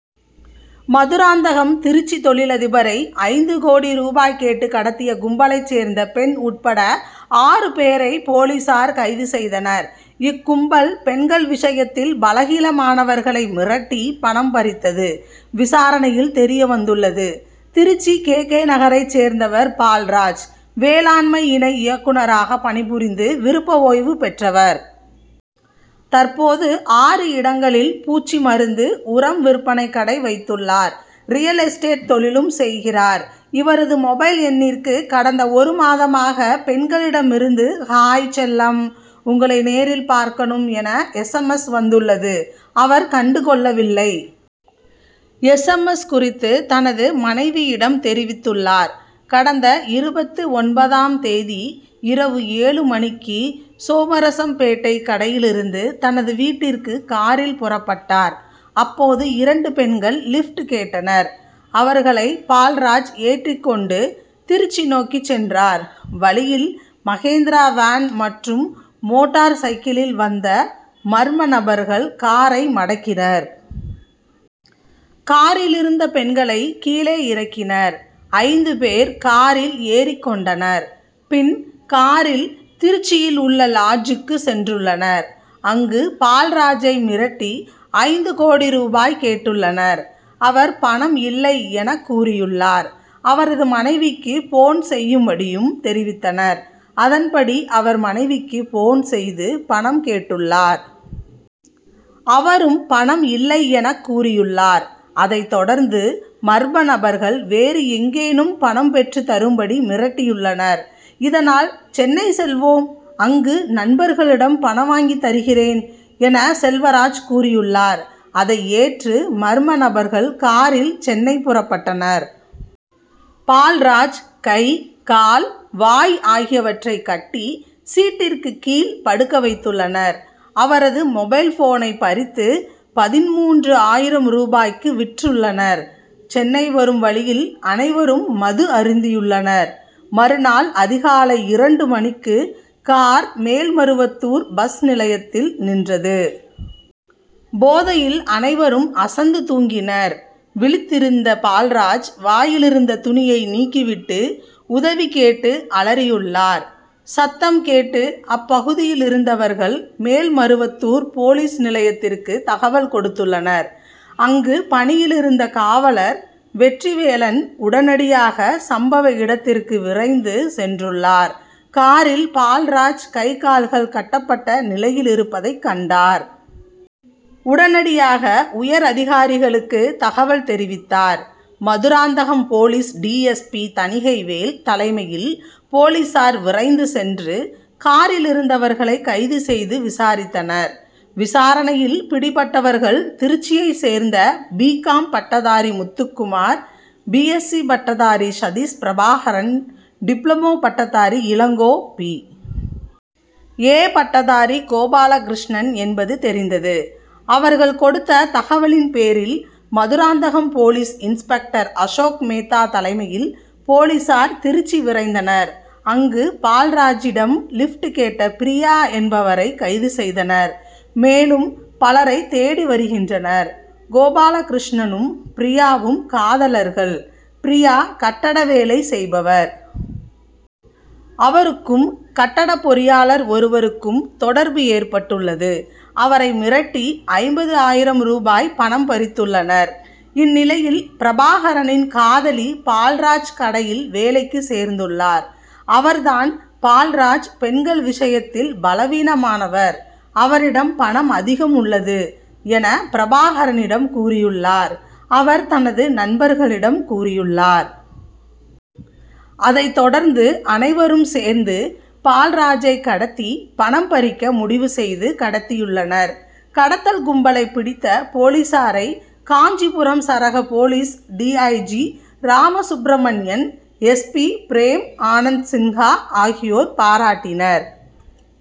மதுராந்தகம் திருச்சி தொழிலதிபரை ஐந்து கோடி ரூபாய் கேட்டு கடத்திய கும்பலைச் சேர்ந்த பெண் உட்பட ஆறு பேரை போலீசார் கைது செய்தனர். இக்கும்பல் பெண்கள் விஷயத்தில் பலகீனமானவர்களை மிரட்டி பணம் பறித்தது விசாரணையில் தெரிய வந்துள்ளது. திருச்சி கே. கே.,நகரைச் சேர்ந்தவர் பால்ராஜ். வேளாண்மை இணை இயக்குனராகப் பணிபுரிந்து விருப்ப ஓய்வு பெற்றவர். தற்போது ஆறு இடங்களில் பூச்சி மருந்து, உரம் விற்பனை கடை வைத்துள்ளார். ரியல் எஸ்டேட் தொழிலும் செய்கிறார். இவரது மொபைல் எண்ணிற்கு கடந்த ஒரு மாதமாக பெண்களிடமிருந்து ஹாய் செல்லம், உங்களை நேரில் பார்க்கணும் என, எஸ். எம். எஸ்., வந்துள்ளது. அவர் கண்டு கொள்ளவில்லை. எஸ். எம். எஸ்., குறித்து தனது மனைவியிடம் தெரிவித்துள்ளார். கடந்த இருபத்து ஒன்பதாம் தேதி இரவு ஏழு மணிக்கு சோமரசம்பேட்டை கடையிலிருந்து தனது வீட்டிற்கு காரில் புறப்பட்டார். அப்போது இரண்டு பெண்கள் லிப்ட் கேட்டனர். அவர்களை பால்ராஜ் ஏற்றிக் கொண்டு திருச்சி நோக்கிச் சென்றார். வழியில் மகேந்திரா வேன் மற்றும் மோட்டார் சைக்கிளில் வந்த மர்ம நபர்கள் காரை மடக்கினர். காரிலிருந்த பெண்களை கீழே இறக்கினர். ஐந்து பேர் காரில் ஏறிக் கொண்டனர். பின் காரில் திருச்சியில் உள்ள லாட்ஜூக்கு சென்றுள்ளனர். அங்கு பால்ராஜை மிரட்டி ஐந்து கோடி ரூபாய் கேட்டுள்ளனர். அவர் பணம் இல்லை எனக்கூறியுள்ளார். அவரது மனைவிக்கு போன் செய்யும்படியும் தெரிவித்தனர். அதன்படி அவர் மனைவிக்கு போன் செய்து பணம் கேட்டுள்ளார். அவரும் பணம் இல்லை எனக் கூறியுள்ளார். அதைத் தொடர்ந்து மர்ம நபர்கள் வேறு எங்கேனும் பணம் பெற்று தரும்படி மிரட்டியுள்ளனர். இதனால், சென்னை செல்வோம். அங்கு நண்பர்களிடம் பணம் வாங்கி தருகிறேன்' என, செல்வராஜ் கூறியுள்ளார். அதை ஏற்று மர்ம நபர்கள் காரில் சென்னை புறப்பட்டனர். பால்ராஜ் கை, கால், வாய் ஆகியவற்றை கட்டி சீட்டிற்கு கீழ் படுக்க வைத்துள்ளனர். அவரது மொபைல் போனை பறித்து பதின்மூன்று ஆயிரம் ரூபாய்க்கு விற்றுள்ளனர். சென்னை வரும் வழியில் அனைவரும் மது அருந்தியுள்ளனர். மறுநாள் அதிகாலை இரண்டு மணிக்கு கார் மேல்மருவத்தூர் பஸ் நிலையத்தில் நின்றது. போதையில் அனைவரும் அசந்து தூங்கினர். விழித்திருந்த பால்ராஜ் வாயிலிருந்த துணியை நீக்கிவிட்டு உதவி கேட்டு அலறியுள்ளார். சத்தம் கேட்டு அப்பகுதியிலிருந்தவர்கள் மேல்மருவத்தூர் போலீஸ் நிலையத்திற்கு தகவல் கொடுத்துள்ளனர். அங்கு பணியிலிருந்த காவலர் வெற்றிவேலன் உடனடியாக சம்பவ இடத்திற்கு விரைந்து சென்றுள்ளார். காரில் பால்ராஜ் கை, கால்கள் கட்டப்பட்ட நிலையிலிருப்பதைக் கண்டார். உடனடியாக உயர் அதிகாரிகளுக்கு தகவல் தெரிவித்தார். Madurantakam police D. S. P., Thanigaivel தலைமையில் போலீசார் விரைந்து சென்று காரிலிருந்தவர்களை கைது செய்து விசாரித்தனர். விசாரணையில் பிடிபட்டவர்கள் திருச்சியைச் சேர்ந்த பி. காம்., பட்டதாரி முத்துக்குமார் பி. எஸ்சி., பட்டதாரி சதீஷ் பிரபாகரன் டிப்ளமோ பட்டதாரி இளங்கோ பி. ஏ., பட்டதாரி கோபாலகிருஷ்ணன் என்பது தெரிந்தது. அவர்கள் கொடுத்த தகவலின்பேரில் மதுராந்தகம் போலீஸ் இன்ஸ்பெக்டர் அசோக்மேத்தா தலைமையில் போலீசார் திருச்சி விரைந்தனர். அங்கு பால்ராஜிடம் லிப்ட் கேட்ட பிரியா என்பவரை கைது செய்தனர். மேலும் பலரை தேடி வருகின்றனர். கோபாலகிருஷ்ணனும், பிரியாவும் காதலர்கள். பிரியா கட்டட வேலை செய்பவர். அவருக்கும் கட்டடப் பொறியாளர் ஒருவருக்கும் தொடர்பு ஏற்பட்டுள்ளது. அவரை மிரட்டி ஐம்பது ஆயிரம் ரூபாய் பணம் பறித்துள்ளனர். இந்நிலையில், பிரபாகரனின் காதலி பால்ராஜ் கடையில் வேலைக்கு சேர்ந்துள்ளார். அவர்தான், பால்ராஜ் பெண்கள் விஷயத்தில் பலவீனமானவர். அவரிடம் பணம் அதிகம் உள்ளது' என பிரபாகரனிடம் கூறியுள்ளார். அவர் தனது நண்பர்களிடம் கூறியுள்ளார். அதைத் தொடர்ந்து அனைவரும் சேர்ந்து பால்ராஜை கடத்தி பணம் பறிக்க முடிவு செய்து கடத்தியுள்ளனர். கடத்தல் கும்பலை பிடித்த போலீசாரை காஞ்சிபுரம் சரக போலீஸ் டி. ஐ. G., Ramasubramanian, S. B., Prem Anand Sinha ஆகியோர் பாராட்டினர்.